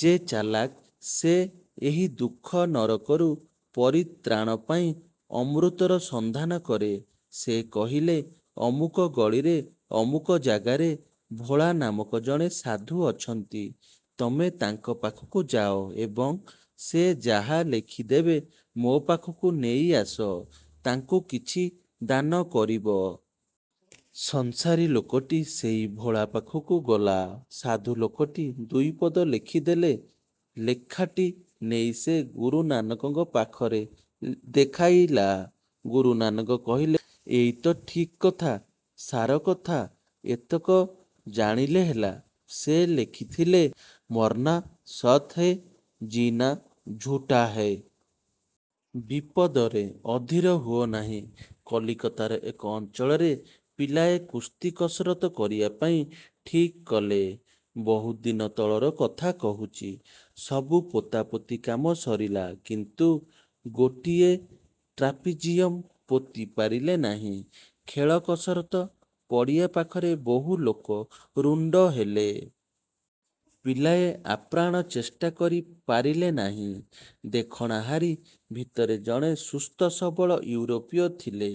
ଯେ ଚଲାକ୍, ସେ ଏହି ଦୁଃଖ-ନରକରୁ ପରିତ୍ରାଣ ପାଇଁ ଅମୃତର ସନ୍ଧାନ କରେ। '' ସେ କହିଲେ-ଅମୁକ ଗଳିରେ ଅମୁକ ଜାଗାରେ ଭୋଳା ନାମକ ଜଣେ ସାଧୁ ଅଛନ୍ତି; ତମେ ତାଙ୍କ ପାଖକୁ ଯାଅ ଏବଂ ସେ ଯାହା ଲେଖିଦେବେ ମୋ ପାଖକୁ ନେଇଆସ। ତାଙ୍କୁ କିଛି ଦାନ କରିବ। ସଂସାରୀ ଲୋକଟି ସେଇ ଭୋଳା ପାଖକୁ ଗଲା। ସାଧୁ ଲୋକଟି ଦୁଇପଦ ଲେଖିଦେଲେ। ଲେଖାଟି ନେଇ ସେ ଗୁରୁ ନାନକଙ୍କ ପାଖରେ ଦେଖାଇଲା। ଗୁରୁ ନାନକ କହିଲେ, ''ଏଇ ତ ଠିକ୍ କଥା-ସାର କଥା-ଏତକ ଜାଣିଲେ ହେଲା। '' ସେ ଲେଖିଥିଲେ ''ମର୍ନା ସତ୍ ହୈ, ଜୀଁନା ଝୁଟା ହୈ। '' ବିପଦରେ ଅଧୀର ହୁଅନାହିଁ କଲିକତାର ଏକ ଅଞ୍ଚଳରେ ପିଲାଏ କୁସ୍ତି କସରତ୍ କରିବା ପାଇଁ ଠିକ୍ କଲେ। ବହୁତ ଦିନ ତଳର କଥା କହୁଛି। ସବୁ ପୋତାପୋତି କାମ ସରିଲା। କିନ୍ତୁ ଗୋଟିଏ ଟ୍ରାପିଜିଅମ ପୋତି ପାରିଲେ ନାହିଁ। ଖେଳ କସରତ ପଡ଼ିଆ ପାଖରେ ବହୁ ଲୋକ ରୁଣ୍ତ ହେଲେ। ପିଲାଏ ଆପ୍ରାଣ ଚେଷ୍ଟା କରି ପାରିଲେ ନାହିଁ। ଦେଖଣାହାରୀ ଭିତରେ ଜଣେ ସୁସ୍ଥ ସବଳ ୟୁରୋପୀୟ ଥିଲେ।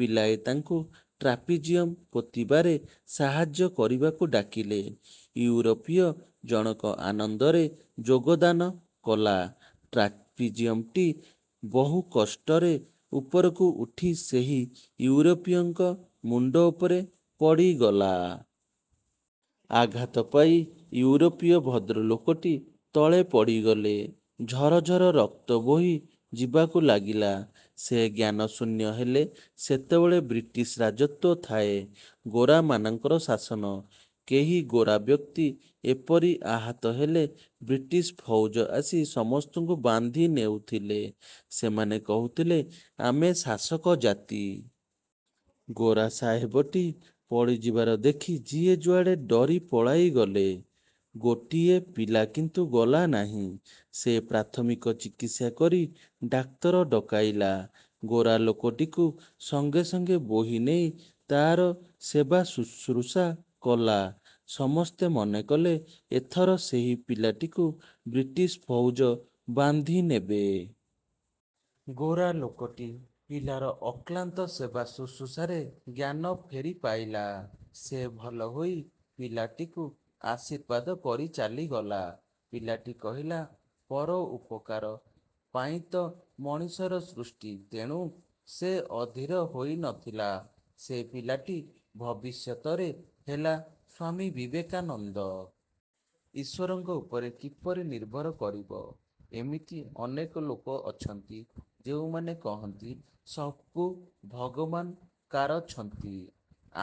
ପିଲାଏ ତାଙ୍କୁ ଟ୍ରାପିଜିୟମ ପୋତିବାରେ ସାହାଯ୍ୟ କରିବାକୁ ଡାକିଲେ। ୟୁରୋପୀୟ ଜଣକ ଆନନ୍ଦରେ ଯୋଗଦାନ କଲା। ଟ୍ରାପିଜିୟମଟି ବହୁ କଷ୍ଟରେ ଉପରକୁ ଉଠି ସେହି ୟୁରୋପୀୟଙ୍କ ମୁଣ୍ତ ଉପରେ ପଡ଼ିଗଲା। ଆଘାତ ପାଇ ୟୁରୋପୀୟ ଭଦ୍ରଲୋକଟି ତଳେ ପଡ଼ିଗଲେ। ଝର ଝର ରକ୍ତ ବୋହି ଯିବାକୁ ଲାଗିଲା। ସେ ଜ୍ଞାନଶୂନ୍ୟ ହେଲେ। ସେତେବେଳେ ବ୍ରିଟିଶ ରାଜତ୍ୱ ଥାଏ। ଗୋରାମାନଙ୍କର ଶାସନ। କେହି ଗୋରାବ୍ୟକ୍ତି ଏପରି ଆହତ ହେଲେ ବ୍ରିଟିଶ ଫଉଜ ଆସି ସମସ୍ତଙ୍କୁ ବାନ୍ଧି ନେଉଥିଲେ। ସେମାନେ କହୁଥିଲେ, ଆମେ ଶାସକ ଜାତି। ଗୋରା ସାହେବଟି ପଡ଼ିଯିବାର ଦେଖି ଯିଏ ଯୁଆଡ଼େ ଡରି ପଳାଇଗଲେ। ଗୋଟିଏ ପିଲା କିନ୍ତୁ ଗଲା ନାହିଁ। ସେ ପ୍ରାଥମିକ ଚିକିତ୍ସା କରି ଡାକ୍ତର ଡକାଇଲା। ଗୋରା ଲୋକଟିକୁ ସଙ୍ଗେ ସଙ୍ଗେ ବୋହି ନେଇ ତାର ସେବାଶୁଶ୍ରୂଷା କଲା। ସମସ୍ତେ ମନେକଲେ ଏଥର ସେହି ପିଲାଟିକୁ ବ୍ରିଟିଶ ଫଉଜ ବାନ୍ଧି ନେବେ। ଗୋରା ଲୋକଟି ପିଲାର ଅକ୍ଳାନ୍ତ ସେବା ଶୁଶ୍ରୂଷାରେ ଜ୍ଞାନ ଫେରି ପାଇଲା। ସେ ଭଲ ହୋଇ ପିଲାଟିକୁ ଆଶୀର୍ବାଦ କରି ଚାଲିଗଲା। ପିଲାଟି କହିଲା, 'ପର ଉପକାର ପାଇଁତ ମଣିଷର ସୃଷ୍ଟି। ' ତେଣୁ ସେ ଅଧୀର ହୋଇ ନଥିଲା। ସେ ପିଲାଟି ଭବିଷ୍ୟତରେ ହେଲା ସ୍ୱାମୀ ବିବେକାନନ୍ଦ। ଈଶ୍ୱରଙ୍କ ଉପରେ କିପରି ନିର୍ଭର କରିବ? ଏମିତି ଅନେକ ଲୋକ ଅଛନ୍ତି, ଯେଉଁମାନେ କହନ୍ତି-ସବୁ ଭଗବାନ କାରଛନ୍ତି,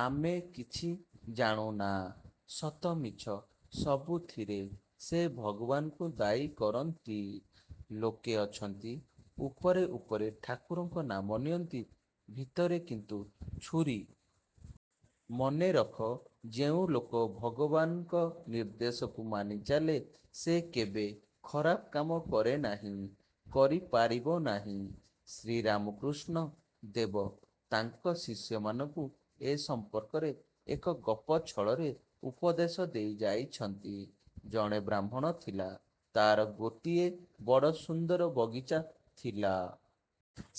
ଆମେ କିଛି ଜାଣୁନା। ସତ ମିଛ ସବୁଥିରେ ସେ ଭଗବାନଙ୍କୁ ଦାୟୀ କରନ୍ତି। ଲୋକେ ଅଛନ୍ତି, ଉପରେ ଉପରେ ଠାକୁରଙ୍କ ନାମ ନିଅନ୍ତି, ଭିତରେ କିନ୍ତୁ ଛୁରୀ। ମନେ ରଖ, ଯେଉଁ ଲୋକ ଭଗବାନଙ୍କ ନିର୍ଦ୍ଦେଶକୁ ମାନି ଚାଲେ, ସେ କେବେ ଖରାପ କାମ କରେ ନାହିଁ-କରି ପାରିବ ନାହିଁ-। ଶ୍ରୀରାମକୃଷ୍ଣ ଦେବ ତାଙ୍କ ଶିଷ୍ୟମାନଙ୍କୁ ଏ ସମ୍ପର୍କରେ ଏକ ଗପ ଛଳରେ ଉପଦେଶ ଦେଇ ଯାଇଛନ୍ତି। ଜଣେ ବ୍ରାହ୍ମଣ ଥିଲା। ତାର ଗୋଟିଏ ବଡ଼ ସୁନ୍ଦର ବଗିଚା ଥିଲା।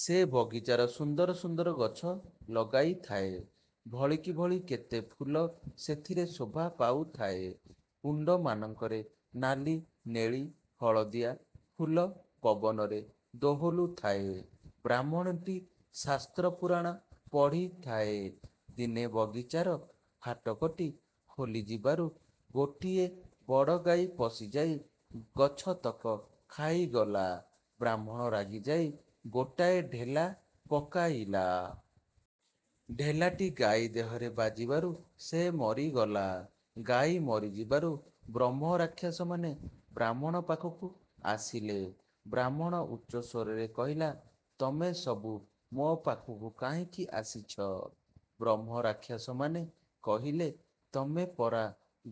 ସେ ବଗିଚାର ସୁନ୍ଦର ସୁନ୍ଦର ଗଛ ଲଗାଇଥାଏ। ଭଳିକି ଭଳି କେତେ ଫୁଲ ସେଥିରେ ଶୋଭା ପାଉଥାଏ। କୁଣ୍ତମାନଙ୍କରେ ନାଲି-ନେଳି-ହଳଦିଆ ଫୁଲ ପବନରେ ଦୋହଲୁଥାଏ। ବ୍ରାହ୍ମଣଟି ଶାସ୍ତ୍ର-ପୁରାଣ ପଢ଼ିଥାଏ। ଦିନେ ବଗିଚାର ଫାଟକଟି ଖୋଲାଯିବାରୁ ଗୋଟିଏ ବଡ଼ ଗାଈ ପଶିଯାଇ ଗଛତକ ଖାଇଗଲା। ବ୍ରାହ୍ମଣ ରାଗିଯାଇ ଗୋଟାଏ ଢେଲା ପକାଇଲା। ଢେଲାଟି ଗାଈ ଦେହରେ ବାଜିବାରୁ ସେ ମରିଗଲା। ଗାଈ ମରିଯିବାରୁ ବ୍ରହ୍ମରାକ୍ଷସମାନେ ବ୍ରାହ୍ମଣ ପାଖକୁ ଆସିଲେ। ବ୍ରାହ୍ମଣ ଉଚ୍ଚସ୍ୱରରେ କହିଲା-'ତମେସବୁ ମୋ ପାଖକୁ କାହିଁକି ଆସିଛ? ' ବ୍ରହ୍ମରାକ୍ଷସମାନେ କହିଲେ-'ତମେ ପରା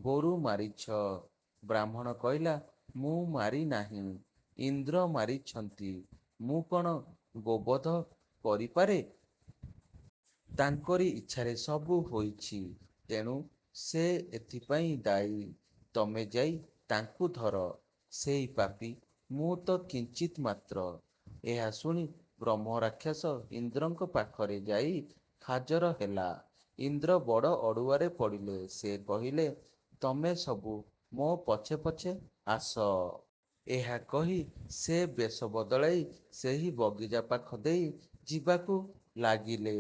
ଗୋରୁ ମାରିଛ। '। ବ୍ରାହ୍ମଣ କହିଲା, 'ମୁଁ ମାରିନାହିଁ, ଇନ୍ଦ୍ର ମାରିଛନ୍ତି। ମୁଁ କ'ଣ ଗୋବଧ କରିପାରେ? ତାଙ୍କରି ଇଚ୍ଛାରେ ସବୁ ହୋଇଛି; ତେଣୁ ସେ ଏଥିପାଇଁ ଦାୟୀ। ତମେ ଯାଇ ତାଙ୍କୁ ଧର। ସେଇ ପାପୀ; ମୁଁ ତ କିଞ୍ଚିତ ମାତ୍ର। ' ଏହା ଶୁଣି ବ୍ରହ୍ମରାକ୍ଷସ ଇନ୍ଦ୍ରଙ୍କ ପାଖରେ ଯାଇ ହାଜର ହେଲା। ଇନ୍ଦ୍ର ବଡ଼ ଅଡ଼ୁଆରେ ପଡ଼ିଲେ। ସେ କହିଲେ-''ତମେ ସବୁ ମୋ ପଛେ ପଛେ ଆସ। '' ଏହା କହି ସେ ବେଶ ବଦଳାଇ ସେହି ବଗିଚା ପାଖ ଦେଇ ଯିବାକୁ ଲାଗିଲେ।